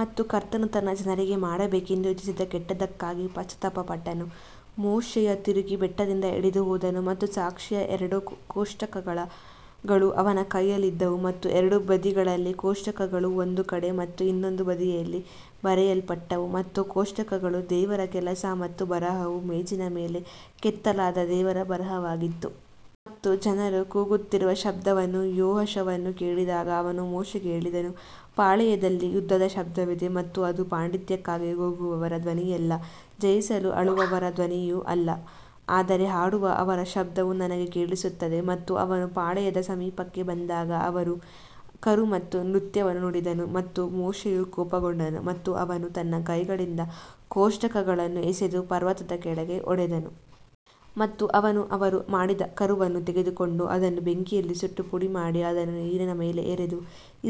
ಮತ್ತು ಕರ್ತನು ತನ್ನ ಜನರಿಗೆ ಮಾಡಬೇಕೆಂದು ಯೋಚಿಸಿದ ಕೆಟ್ಟದ್ದಕ್ಕಾಗಿ ಪಶ್ಚಾತ್ತಾಪಪಟ್ಟನು. ಮೋಶೆಯು ತಿರುಗಿ ಬೆಟ್ಟದಿಂದ ಇಳಿದು ಹೋದನು ಮತ್ತು ಸಾಕ್ಷಿಯ ಎರಡು ಕೋಷ್ಟಕಗಳು ಅವನ ಕೈಯಲ್ಲಿದ್ದವು ಮತ್ತು ಎರಡು ಬದಿಗಳಲ್ಲಿ ಕೋಷ್ಟಕಗಳು ಒಂದು ಕಡೆ ಮತ್ತು ಇನ್ನೊಂದು ಬದಿಯಲ್ಲಿ ಬರೆಯಲ್ಪಟ್ಟವು. ಮತ್ತು ಕೋಷ್ಟಕಗಳು ದೇವರ ಕೆಲಸ ಮತ್ತು ಬರಹವು ಮೇಜಿನ ಮೇಲೆ ಕೆತ್ತಲಾದ ದೇವರ ಬರಹವಾಗಿತ್ತು. ಮತ್ತು ಜನರು ಕೂಗುತ್ತಿರುವ ಶಬ್ದವನ್ನು ಯೆಹೋಶುವನು ಕೇಳಿದಾಗ ಅವನು ಮೋಶೆಗೆ ಹೇಳಿದನು ಪಾಳೆಯದಲ್ಲಿ ಯುದ್ಧದ ಶಬ್ದವಿದೆ. ಮತ್ತು ಅದು ಪಾಂಡಿತ್ಯಕ್ಕಾಗಿ ಕೂಗುವವರ ಧ್ವನಿಯಲ್ಲ ಜಯಿಸಲು ಅಳುವವರ ಧ್ವನಿಯೂ ಅಲ್ಲ ಆದರೆ ಹಾಡುವ ಅವರ ಶಬ್ದವು ನನಗೆ ಕೇಳಿಸುತ್ತದೆ. ಮತ್ತು ಅವನು ಪಾಳೆಯದ ಸಮೀಪಕ್ಕೆ ಬಂದಾಗ ಅವನು ಕರು ಮತ್ತು ನೃತ್ಯವನ್ನು ನೋಡಿದನು ಮತ್ತು ಮೋಶೆಯು ಕೋಪಗೊಂಡನು ಮತ್ತು ಅವನು ತನ್ನ ಕೈಗಳಿಂದ ಕೋಷ್ಟಕಗಳನ್ನು ಎಸೆದು ಪರ್ವತದ ಕೆಳಗೆ ಒಡೆದನು. ಮತ್ತು ಅವನು ಅವರು ಮಾಡಿದ ಕರುವನ್ನು ತೆಗೆದುಕೊಂಡು ಅದನ್ನು ಬೆಂಕಿಯಲ್ಲಿ ಸುಟ್ಟು ಪುಡಿಮಾಡಿ ಅದನ್ನು ನೀರಿನ ಮೇಲೆ ಎರೆದು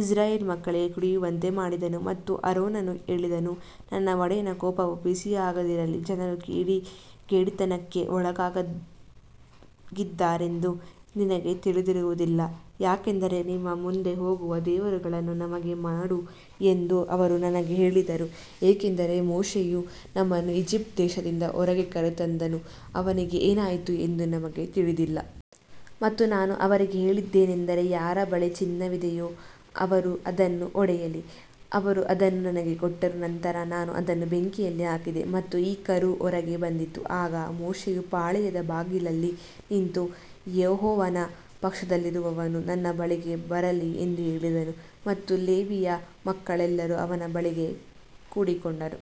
ಇಸ್ರಾಯೇಲ್ ಮಕ್ಕಳಿಗೆ ಕುಡಿಯುವಂತೆ ಮಾಡಿದನು. ಮತ್ತು ಆರೋನನು ಹೇಳಿದನು ನನ್ನ ಒಡೆಯನ ಕೋಪವು ಬಿಸಿಯಾಗದಿರಲಿ ಜನರು ಕಿಡಿಗೇಡಿತನಕ್ಕೆ ಒಳಗಾಗಿದ್ದಾರೆಂದು ನಿನಗೆ ತಿಳಿದಿರುವುದಿಲ್ಲ. ಯಾಕಂದರೆ ನಮ್ಮ ಮುಂದೆ ಹೋಗುವ ದೇವರುಗಳನ್ನು ನಮಗೆ ಮಾಡು ಎಂದು ಅವರು ನನಗೆ ಹೇಳಿದರು ಏಕೆಂದರೆ ಈ ಮೋಶೆಯು ನಮ್ಮನ್ನು ಈಜಿಪ್ಟ್ ದೇಶದಿಂದ ಹೊರಗೆ ಕರೆತಂದನು ಅವನಿಗೆ ಏನಾಯಿತು ಎಂದು ನಮಗೆ ತಿಳಿದಿಲ್ಲ. ಮತ್ತು ನಾನು ಅವರಿಗೆ ಹೇಳಿದ್ದೇನೆಂದರೆ ಯಾರ ಬಳಿ ಚಿನ್ನವಿದೆಯೋ ಅವರು ಅದನ್ನು ಒಡೆಯಲಿ. ಅವರು ಅದನ್ನು ನನಗೆ ಕೊಟ್ಟರು ನಂತರ ನಾನು ಅದನ್ನು ಬೆಂಕಿಯಲ್ಲಿ ಹಾಕಿದೆ ಮತ್ತು ಈ ಕರು ಹೊರಗೆ ಬಂದಿತು. ಆಗ ಮೋಶೆಯು ಪಾಳೆಯದ ಬಾಗಲಲ್ಲಿ ನಿಂತು ಯೆಹೋವನ ಪಕ್ಷದಲ್ಲಿರುವವನು ನನ್ನ ಬಳಿಗೆ ಬರಲಿ ಎಂದು ಹೇಳಿದನು ಮತ್ತು ಲೇವಿಯ ಮಕ್ಕಳೆಲ್ಲರೂ ಅವನ ಬಳಿಗೆ ಕೂಡಿಕೊಂಡರು.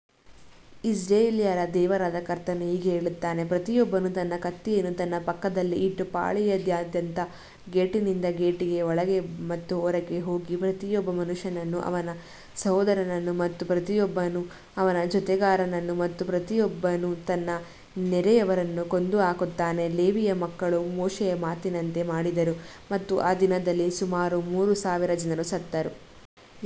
ಇಸ್ರಾಯೇಲ್ಯರ ದೇವರಾದ ಕರ್ತನು ಹೀಗೆ ಹೇಳುತ್ತಾನೆ ಪ್ರತಿಯೊಬ್ಬನು ತನ್ನ ಕತ್ತಿಯನ್ನು ತನ್ನ ಪಕ್ಕದಲ್ಲಿ ಇಟ್ಟು ಪಾಳೆಯದಾದ್ಯಂತ ಗೇಟಿನಿಂದ ಗೇಟಿಗೆ ಒಳಗೆ ಮತ್ತು ಹೊರಗೆ ಹೋಗಿ ಪ್ರತಿಯೊಬ್ಬ ಮನುಷ್ಯನನ್ನು ಅವನ ಸಹೋದರನನ್ನು ಮತ್ತು ಪ್ರತಿಯೊಬ್ಬನು ಅವನ ಜೊತೆಗಾರನನ್ನು ಮತ್ತು ಪ್ರತಿಯೊಬ್ಬನು ತನ್ನ ನೆರೆಯವರನ್ನು ಕೊಂದುಹಾಕುತ್ತಾನೆ. ಲೇವಿಯ ಮಕ್ಕಳು ಮೋಶೆಯ ಮಾತಿನಂತೆ ಮಾಡಿದರು ಮತ್ತು ಆ ದಿನದಲ್ಲಿ ಸುಮಾರು ಮೂರು ಸಾವಿರ ಜನರು ಸತ್ತರು.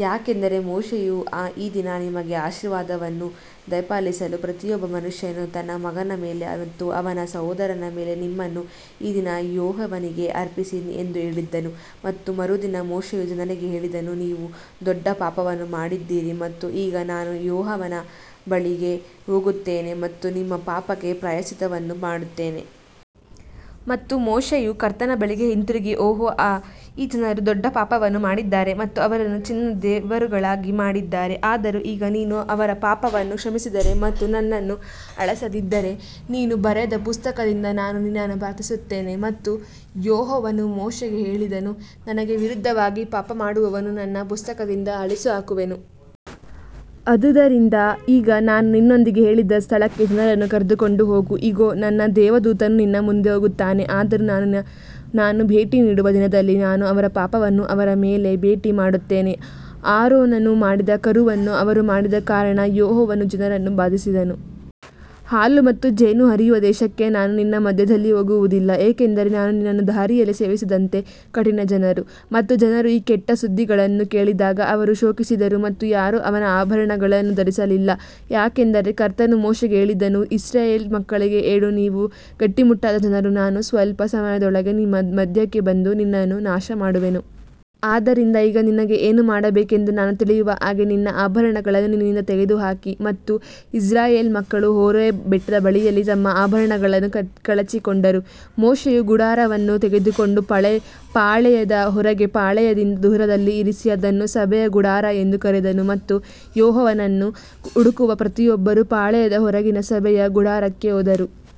ಯಾಕಂದರೆ ಮೋಶೆಯು ಈ ದಿನ ನಿಮಗೆ ಆಶೀರ್ವಾದವನ್ನು ದಯಪಾಲಿಸಲು ಪ್ರತಿಯೊಬ್ಬ ಮನುಷ್ಯನು ತನ್ನ ಮಗನ ಮೇಲೆ ಮತ್ತು ಅವನ ಸಹೋದರನ ಮೇಲೆ ನಿಮ್ಮನ್ನು ಈ ದಿನ ಯೆಹೋವನಿಗೆ ಅರ್ಪಿಸಿ ಎಂದು ಹೇಳಿದ್ದನು. ಮತ್ತು ಮರುದಿನ ಮೋಶೆಯು ಜನರಿಗೆ ಹೇಳಿದನು ನೀವು ದೊಡ್ಡ ಪಾಪವನ್ನು ಮಾಡಿದ್ದೀರಿ ಮತ್ತು ಈಗ ನಾನು ಯೆಹೋವನ ಬಳಿಗೆ ಹೋಗುತ್ತೇನೆ ಮತ್ತು ನಿಮ್ಮ ಪಾಪಕ್ಕೆ ಪ್ರಾಯಶ್ಚಿತ್ತವನ್ನು ಮಾಡುತ್ತೇನೆ. ಮತ್ತು ಮೋಶೆಯು ಕರ್ತನ ಬಳಿಗೆ ಹಿಂತಿರುಗಿ ಓಹ್ ಈ ಜನರು ದೊಡ್ಡ ಪಾಪವನ್ನು ಮಾಡಿದ್ದಾರೆ ಮತ್ತು ಅವರನ್ನು ಚಿನ್ನದ ದೇವರುಗಳಾಗಿ ಮಾಡಿದ್ದಾರೆ. ಆದರೂ ಈಗ ನೀನು ಅವರ ಪಾಪವನ್ನು ಕ್ಷಮಿಸಿದರೆ ಮತ್ತು ನನ್ನನ್ನು ಅಳಿಸದಿದ್ದರೆ ನೀನು ಬರೆದ ಪುಸ್ತಕದಿಂದ ನಾನು ನಿನ್ನನ್ನು ಪ್ರಾರ್ಥಿಸುತ್ತೇನೆ. ಮತ್ತು ಯೆಹೋವನು ಮೋಶೆಗೆ ಹೇಳಿದನು ನನಗೆ ವಿರುದ್ಧವಾಗಿ ಪಾಪಮಾಡುವವನು ನನ್ನ ಪುಸ್ತಕದಿಂದ ಅಳಿಸಿಹಾಕುವೆನು. ಆದುದರಿಂದ ಈಗ ನಾನು ನಿನ್ನೊಂದಿಗೆ ಹೇಳಿದ ಸ್ಥಳಕ್ಕೆ ಜನರನ್ನು ಕರೆದುಕೊಂಡು ಹೋಗು. ಇಗೋ ನನ್ನ ದೇವದೂತನು ನಿನ್ನ ಮುಂದೆ ಹೋಗುತ್ತಾನೆ ಆದರೂ ನಾನು ಭೇಟಿ ನೀಡುವ ದಿನದಲ್ಲಿ ನಾನು ಅವರ ಪಾಪವನ್ನು ಅವರ ಮೇಲೆ ಭೇಟಿ ಮಾಡುತ್ತೇನೆ. ಆರೋನನು ಮಾಡಿದ ಕರುವನ್ನು ಅವರು ಮಾಡಿದ ಕಾರಣ ಯೆಹೋವನು ಜನರನ್ನು ಬಾಧಿಸಿದನು. ಹಾಲು ಮತ್ತು ಜೇನು ಹರಿಯುವ ದೇಶಕ್ಕೆ ನಾನು ನಿನ್ನ ಮಧ್ಯದಲ್ಲಿ ಹೋಗುವುದಿಲ್ಲ ಏಕೆಂದರೆ ನಾನು ನಿನ್ನನ್ನು ದಾರಿಯಲ್ಲಿ ಸೇವಿಸದಂತೆ ಕಠಿಣ ಜನರು. ಮತ್ತು ಜನರು ಈ ಕೆಟ್ಟ ಸುದ್ದಿಗಳನ್ನು ಕೇಳಿದಾಗ ಅವರು ಶೋಕಿಸಿದರು ಮತ್ತು ಯಾರೂ ಅವನ ಆಭರಣಗಳನ್ನು ಧರಿಸಲಿಲ್ಲ. ಯಾಕಂದರೆ ಕರ್ತನು ಮೋಶೆಗೆ ಹೇಳಿದ್ದನು ಇಸ್ರಾಯೇಲ್ ಮಕ್ಕಳಿಗೆ ಹೇಳು ನೀವು ಗಟ್ಟಿಮುಟ್ಟಾದ ಜನರು ನಾನು ಸ್ವಲ್ಪ ಸಮಯದೊಳಗೆ ನಿಮ್ಮ ಮಧ್ಯಕ್ಕೆ ಬಂದು ನಿನ್ನನ್ನು ನಾಶಮಾಡುವೆನು. ಆದ್ದರಿಂದ ಈಗ ನಿನಗೆ ಏನು ಮಾಡಬೇಕೆಂದು ನಾನು ತಿಳಿಯುವ ಹಾಗೆ ನಿನ್ನ ಆಭರಣಗಳನ್ನು ನಿನ್ನಿಂದ ತೆಗೆದುಹಾಕಿ. ಮತ್ತು ಇಸ್ರಾಯೇಲ್ ಮಕ್ಕಳು ಹೋರೇಬ್ ಬೆಟ್ಟದ ಬಳಿಯಲ್ಲಿ ತಮ್ಮ ಆಭರಣಗಳನ್ನು ಕಳಚಿಕೊಂಡರು. ಮೋಶೆಯು ಗುಡಾರವನ್ನು ತೆಗೆದುಕೊಂಡು ಪಾಳೆಯದ ಹೊರಗೆ ಪಾಳೆಯದಿಂದ ದೂರದಲ್ಲಿ ಇರಿಸಿ ಅದನ್ನು ಸಭೆಯ ಗುಡಾರ ಎಂದು ಕರೆದನು ಮತ್ತು ಯೆಹೋವನನ್ನು ಹುಡುಕುವ ಪ್ರತಿಯೊಬ್ಬರೂ ಪಾಳೆಯದ ಹೊರಗಿನ ಸಭೆಯ ಗುಡಾರಕ್ಕೆ ಹೋದರು.